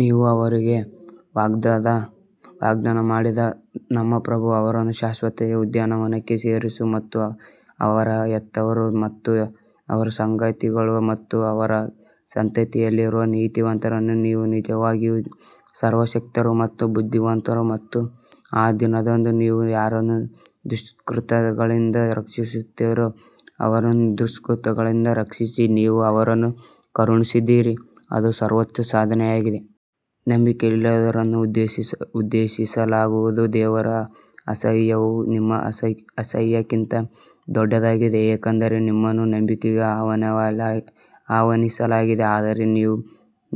ನೀವು ಅವರಿಗೆ ವಾಗ್ದಾನ ಮಾಡಿದ ನಮ್ಮ ಪ್ರಭು ಅವರನ್ನು ಶಾಶ್ವತತೆಯ ಉದ್ಯಾನವನಕ್ಕೆ ಸೇರಿಸು ಮತ್ತು ಅವರ ಹೆತ್ತವರು ಮತ್ತು ಅವರ ಸಂಗಾತಿಗಳು ಮತ್ತು ಅವರ ಸಂತತಿಯಲ್ಲಿರುವ ನೀತಿವಂತರನ್ನು ನೀವು ನಿಜವಾಗಿಯೂ ಸರ್ವಶಕ್ತರು ಮತ್ತು ಬುದ್ಧಿವಂತರು ಮತ್ತು ಆ ದಿನದಂದು ನೀವು ಯಾರನ್ನು ದುಷ್ಕೃತ್ಯಗಳಿಂದ ರಕ್ಷಿಸುತ್ತೀರೋ ಅವರನ್ನು ದುಷ್ಕೃತ್ಯಗಳಿಂದ ರಕ್ಷಿಸಿ, ನೀವು ಅವರನ್ನು ಕರುಣಿಸಿದಿರಿ ಅದು ಸರ್ವೋಚ್ಚ ಸಾಧನೆಯಾಗಿದೆ. ನಂಬಿಕೆಯಿಲ್ಲದವರನ್ನು ಉದ್ದೇಶಿಸಲಾಗುವುದು ದೇವರ ಅಸಹ್ಯವು ನಿಮ್ಮ ಅಸಹ್ಯಕ್ಕಿಂತ ದೊಡ್ಡದಾಗಿದೆ ಏಕೆಂದರೆ ನಿಮ್ಮನ್ನು ನಂಬಿಕೆಗೆ ಆಹ್ವಾನಿಸಲಾಗಿದೆ ಆದರೆ ನೀವು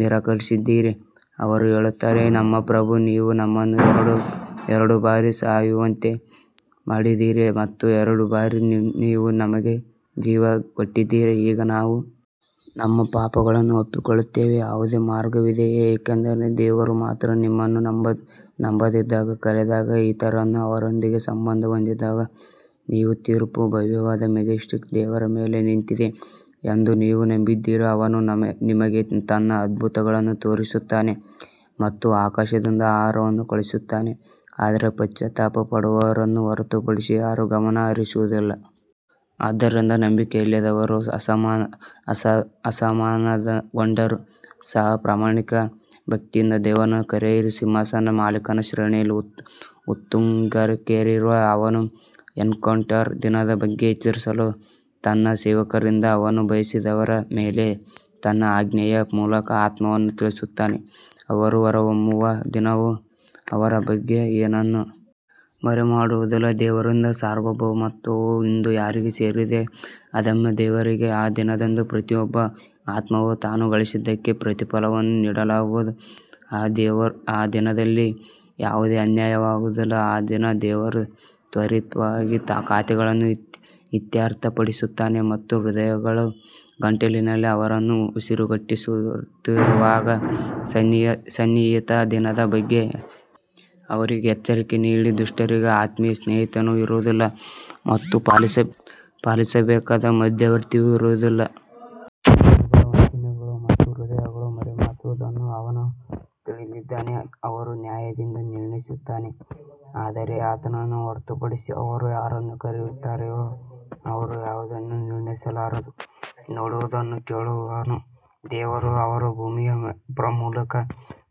ನಿರಾಕರಿಸಿದ್ದೀರಿ ಅವರು ಹೇಳುತ್ತಾರೆ ನಮ್ಮ ಪ್ರಭು ನೀವು ನಮ್ಮನ್ನು ಎರಡು ಬಾರಿ ಸಾಯುವಂತೆ ಮಾಡಿದಿರಿ ಮತ್ತು ಎರಡು ಬಾರಿ ನೀವು ನಮಗೆ ಜೀವ ಕೊಟ್ಟಿದ್ದೀರಿ ಈಗ ನಾವು ನಮ್ಮ ಪಾಪಗಳನ್ನು ಒಪ್ಪಿಕೊಳ್ಳುತ್ತೇವೆ ಯಾವುದೇ ಮಾರ್ಗವಿದೆಯೇ ಏಕೆಂದರೆ ದೇವರು ಮಾತ್ರ ನಿಮ್ಮನ್ನು ನಂಬದಿದ್ದಾಗ ಕರೆದಾಗ ಇತರರು ಅವನೊಂದಿಗೆ ಸಂಬಂಧ ಹೊಂದಿದ್ದಾಗ ನೀವು ತೀರ್ಪು ಭವ್ಯವಾದ ಮೆಜೆಸ್ಟಿಕ್ ದೇವರ ಮೇಲೆ ನಿಂತಿದೆ ಎಂದು ನೀವು ನಂಬಿದ್ದೀರಿ ಅವನೇ ನಿಮಗೆ ತನ್ನ ಅದ್ಭುತಗಳನ್ನು ತೋರಿಸುತ್ತಾನೆ ಮತ್ತು ಆಕಾಶದಿಂದ ಆಹಾರವನ್ನು ಕಳುಹಿಸುತ್ತಾನೆ ಆದರೆ ಪಶ್ಚಾತ್ತಾಪ ಪಡುವವರನ್ನು ಹೊರತುಪಡಿಸಿ ಯಾರೂ ಗಮನ ಹರಿಸುವುದಿಲ್ಲ. ಆದ್ದರಿಂದ ನಂಬಿಕೆಯಿಲ್ಲದವರು ಅಸಮಾಧಾನಗೊಂಡರೂ ಸಹ ಪ್ರಾಮಾಣಿಕ ಭಕ್ತಿಯಿಂದ ದೇವರನ್ನು ಕರೆಯಿರಿ ಸಿಂಹಾಸನದ ಮಾಲೀಕನ ಶ್ರೇಣಿಯಲ್ಲಿ ಉತ್ತುಂಗಕ್ಕೇರಿರುವ ಅವನು ಎನ್ಕೌಂಟರ್ ದಿನದ ಬಗ್ಗೆ ಎಚ್ಚರಿಸಲು ತನ್ನ ಸೇವಕರಿಂದ ಅವನು ಬಯಸಿದವರ ಮೇಲೆ ತನ್ನ ಆಜ್ಞೆಯ ಮೂಲಕ ಆತ್ಮವನ್ನು ತಿಳಿಸುತ್ತಾನೆ ಅವರು ಹೊರಹೊಮ್ಮುವ ದಿನವು ಅವರ ಬಗ್ಗೆ ಏನನ್ನೂ ಮರೆಮಾಡುವುದಿಲ್ಲ ದೇವರಿಂದ ಸಾರ್ವಭೌಮತ್ವವು ಇಂದು ಯಾರಿಗೆ ಸೇರಿದೆ ಅದಮ್ಯ ದೇವರಿಗೆ ಆ ದಿನದಂದು ಪ್ರತಿಯೊಬ್ಬ ಆತ್ಮವು ತಾನು ಗಳಿಸಿದ್ದಕ್ಕೆ ಪ್ರತಿಫಲವನ್ನು ನೀಡಲಾಗುವುದು ಆ ದಿನದಲ್ಲಿ ಯಾವುದೇ ಅನ್ಯಾಯವಾಗುವುದಿಲ್ಲ, ಆ ದಿನ ದೇವರು ತ್ವರಿತವಾಗಿ ಖಾತೆಗಳನ್ನು ಇತ್ಯರ್ಥಪಡಿಸುತ್ತಾನೆ ಮತ್ತು ಹೃದಯಗಳು ಗಂಟಲಿನಲ್ಲಿ ಅವರನ್ನು ಉಸಿರುಗಟ್ಟಿಸುತ್ತಿರುವಾಗ ಸನ್ನಿಹಿತ ದಿನದ ಬಗ್ಗೆ ಅವರಿಗೆ ಎಚ್ಚರಿಕೆ ನೀಡಿ, ದುಷ್ಟರಿಗೆ ಆತ್ಮೀಯ ಸ್ನೇಹಿತನೂ ಇರುವುದಿಲ್ಲ ಮತ್ತು ಪಾಲಿಸಬೇಕಾದ ಮಧ್ಯವರ್ತಿಯೂ ಇರುವುದಿಲ್ಲ. ಕಣ್ಣುಗಳ ವಂಚನೆಗಳು ಮತ್ತು ಹೃದಯಗಳು ಮರೆಮಾಚುವುದನ್ನು ಅವನು ತಿಳಿದಿದ್ದಾನೆ ದೇವರು ನ್ಯಾಯದಿಂದ ನಿರ್ಣಯಿಸುತ್ತಾನೆ ಆದರೆ ಆತನನ್ನು ಹೊರತುಪಡಿಸಿ ಅವರು ಯಾರನ್ನು ಕರೆಯುತ್ತಾರೋ ಅವರು ಯಾವುದನ್ನೂ ನಿರ್ಣಯಿಸಲಾರರು, ನೋಡುವದನ್ನು ಕೇಳುವವನು ದೇವರು. ಅವರು ಭೂಮಿಯ ಮೂಲಕ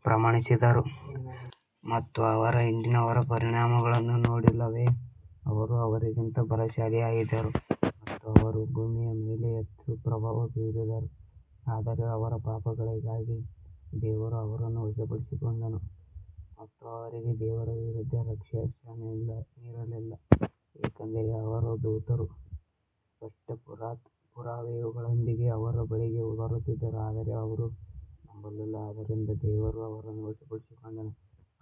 ಪ್ರಯಾಣಿಸಿದರು ಮತ್ತು ಅವರ ಹಿಂದಿನವರ ಪರಿಣಾಮಗಳನ್ನು ನೋಡಲಿಲ್ಲವೇ ಅವರು ಅವರಿಗಿಂತ ಬಲಶಾಲಿಯಾಗಿದ್ದರು ಮತ್ತು ಅವರು ಭೂಮಿಯ ಮೇಲೆ ಹೆಚ್ಚು ಪ್ರಭಾವ ಬೀರಿದರು ಆದರೆ ಅವರ ಪಾಪಗಳಿಗಾಗಿ ದೇವರು ಅವರನ್ನು ವಶಪಡಿಸಿಕೊಂಡನು ಮತ್ತು ಅವರಿಗೆ ದೇವರ ವಿರುದ್ಧ ರಕ್ಷಕನಿರಲಿಲ್ಲ ಏಕೆಂದರೆ ಅವರ ದೂತರು ಸ್ಪಷ್ಟ ಪುರಾವೆಗಳೊಂದಿಗೆ ಅವರ ಬಳಿಗೆ ಬರುತ್ತಿದ್ದರು ಆದರೆ ಅವರು ನಂಬಲಿಲ್ಲ ಆದ್ದರಿಂದ ದೇವರು ಅವರನ್ನು ವಶಪಡಿಸಿಕೊಂಡನು,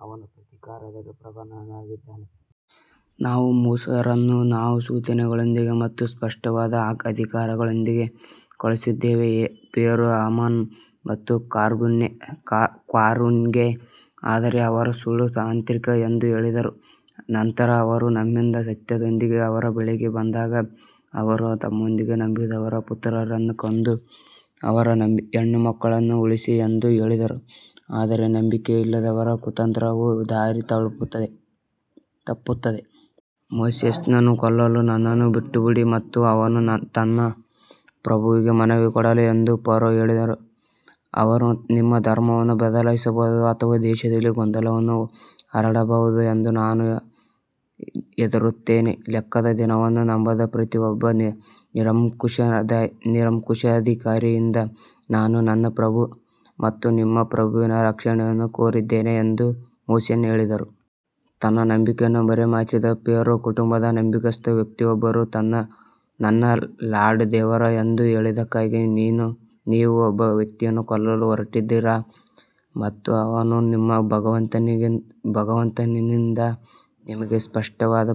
ಅವನು ಪ್ರತೀಕಾರದಲ್ಲಿ ಪ್ರಬಲನಾಗಿರುತ್ತಾನೆ. ನಾವು ಮೂಸಾರನ್ನು ನಮ್ಮ ಸೂಚನೆಗಳೊಂದಿಗೆ ಮತ್ತು ಸ್ಪಷ್ಟವಾದ ಅಧಿಕಾರದೊಂದಿಗೆ ಕಳುಹಿಸಿದ್ದೇವೆ ಫೇರೋ ಹಾಮಾನ್ ಮತ್ತು ಕ್ವಾರೂನ್ಗೆ ಆದರೆ ಅವರು ಸುಳ್ಳು ಮಾಂತ್ರಿಕ ಎಂದು ಹೇಳಿದರು ನಂತರ ಅವರು ನಮ್ಮಿಂದ ಸತ್ಯದೊಂದಿಗೆ ಅವರ ಬಳಿಗೆ ಬಂದಾಗ ಅವರು ತಮ್ಮೊಂದಿಗೆ ನಂಬಿದವರ ಪುತ್ರರನ್ನು ಕೊಂದು ಅವರ ಹೆಣ್ಣುಮಕ್ಕಳನ್ನು ಉಳಿಸಿ ಎಂದು ಹೇಳಿದರು ಆದರೆ ನಂಬಿಕೆಯಿಲ್ಲದವರ ಕುತಂತ್ರವು ದಾರಿ ತಪ್ಪುತ್ತದೆ. ಮೋಸೆಸ್ನನ್ನು ಕೊಲ್ಲಲು ನನ್ನನ್ನು ಬಿಟ್ಟುಬಿಡಿ ಮತ್ತು ಅವನು ತನ್ನ ಪ್ರಭುವಿಗೆ ಮನವಿ ಮಾಡಲಿ ಎಂದು ಫರೋ ಹೇಳಿದನು, ಅವನು ನಿಮ್ಮ ಧರ್ಮವನ್ನು ಬದಲಾಯಿಸಬಹುದು ಅಥವಾ ದೇಶದಲ್ಲಿ ಗೊಂದಲವನ್ನು ಹರಡಬಹುದು ಎಂದು ನಾನು ಹೆದರುತ್ತೇನೆ ಲೆಕ್ಕದ ದಿನವನ್ನು ನಂಬದ ಪ್ರತಿಯೊಬ್ಬ ನಿರಂಕುಶಾಧಿಕಾರಿಯಿಂದ ನಾನು ನನ್ನ ಪ್ರಭು ಮತ್ತು ನಿಮ್ಮ ಪ್ರಭುವಿನ ರಕ್ಷಣೆಯನ್ನು ಕೋರಿದ್ದೇನೆ ಎಂದು ಮೋಸೆಸ್ ಹೇಳಿದರು. ತನ್ನ ನಂಬಿಕೆಯನ್ನು ಮರೆಮಾಚಿದ್ದ ಫೇರೋ ಕುಟುಂಬದ ನಂಬಿಗಸ್ತ ವ್ಯಕ್ತಿಯೊಬ್ಬರು ನನ್ನ ಲಾರ್ಡ್ ದೇವರು ಎಂದು ಹೇಳಿದ್ದಕ್ಕಾಗಿ ನೀವು ಒಬ್ಬ ವ್ಯಕ್ತಿಯನ್ನು ಕೊಲ್ಲಲು ಹೊರಟಿದ್ದೀರಾ ಮತ್ತು ಅವನು ನಿಮ್ಮ ಭಗವಂತನಿಂದ ನಿಮಗೆ ಸ್ಪಷ್ಟವಾದ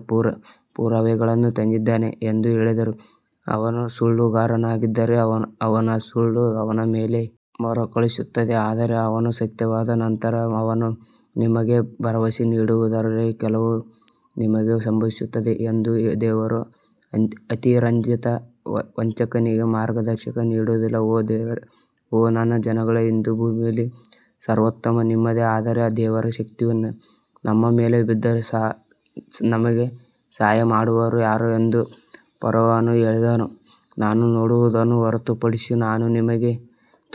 ಪುರಾವೆಗಳನ್ನು ತಂದಿದ್ದಾನೆ ಎಂದು ಹೇಳಿದನು ಅವನು ಸುಳ್ಳುಗಾರನಾಗಿದ್ದರೆ ಅವನ ಸುಳ್ಳು ಅವನ ಮೇಲೆ ಮರುಕಳಿಸುತ್ತದೆ ಆದರೆ ಅವನು ಸತ್ಯವಾದ ನಂತರ ಅವನು ನಿಮಗೆ ಭರವಸೆ ನೀಡುವುದರಲ್ಲಿ ಕೆಲವು ನಿಮಗೆ ಸಂಭವಿಸುತ್ತವೆ ಎಂದು ದೇವರು ಅತಿರಂಜಿತ ವಂಚಕನಿಗೆ ಮಾರ್ಗದರ್ಶನ ನೀಡುವುದಿಲ್ಲ ಓ ನನ್ನ ಜನರೇ ಇಂದು ಭೂಮಿಯಲ್ಲಿ ಸರ್ವೋತ್ತಮ ನಿಮ್ಮದೇ ಆದರೆ ದೇವರ ಶಕ್ತಿಯು ನಮ್ಮ ಮೇಲೆ ಬಿದ್ದರೆ ನಮಗೆ ಸಹಾಯ ಮಾಡುವವರು ಯಾರು ಎಂದು ಫರೋಹನು ಹೇಳಿದನು, ನಾನು ನೋಡುವುದನ್ನು ಹೊರತುಪಡಿಸಿ ನಾನು ನಿಮಗೆ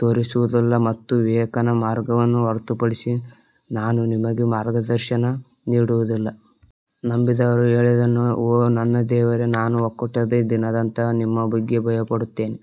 ತೋರಿಸುವುದಿಲ್ಲ ಮತ್ತು ವಿವೇಕದ ಮಾರ್ಗವನ್ನು ಹೊರತುಪಡಿಸಿ ನಾನು ನಿಮಗೆ ಮಾರ್ಗದರ್ಶನ ನೀಡುವುದಿಲ್ಲ. ನಂಬಿದವನು ಹೇಳಿದನು ಓ ನನ್ನ ಜನರೇ ನಾನು ಒಕ್ಕೂಟದ ದಿನದಂತಹ ನಿಮ್ಮ ಬಗ್ಗೆ ಭಯಪಡುತ್ತೇನೆ.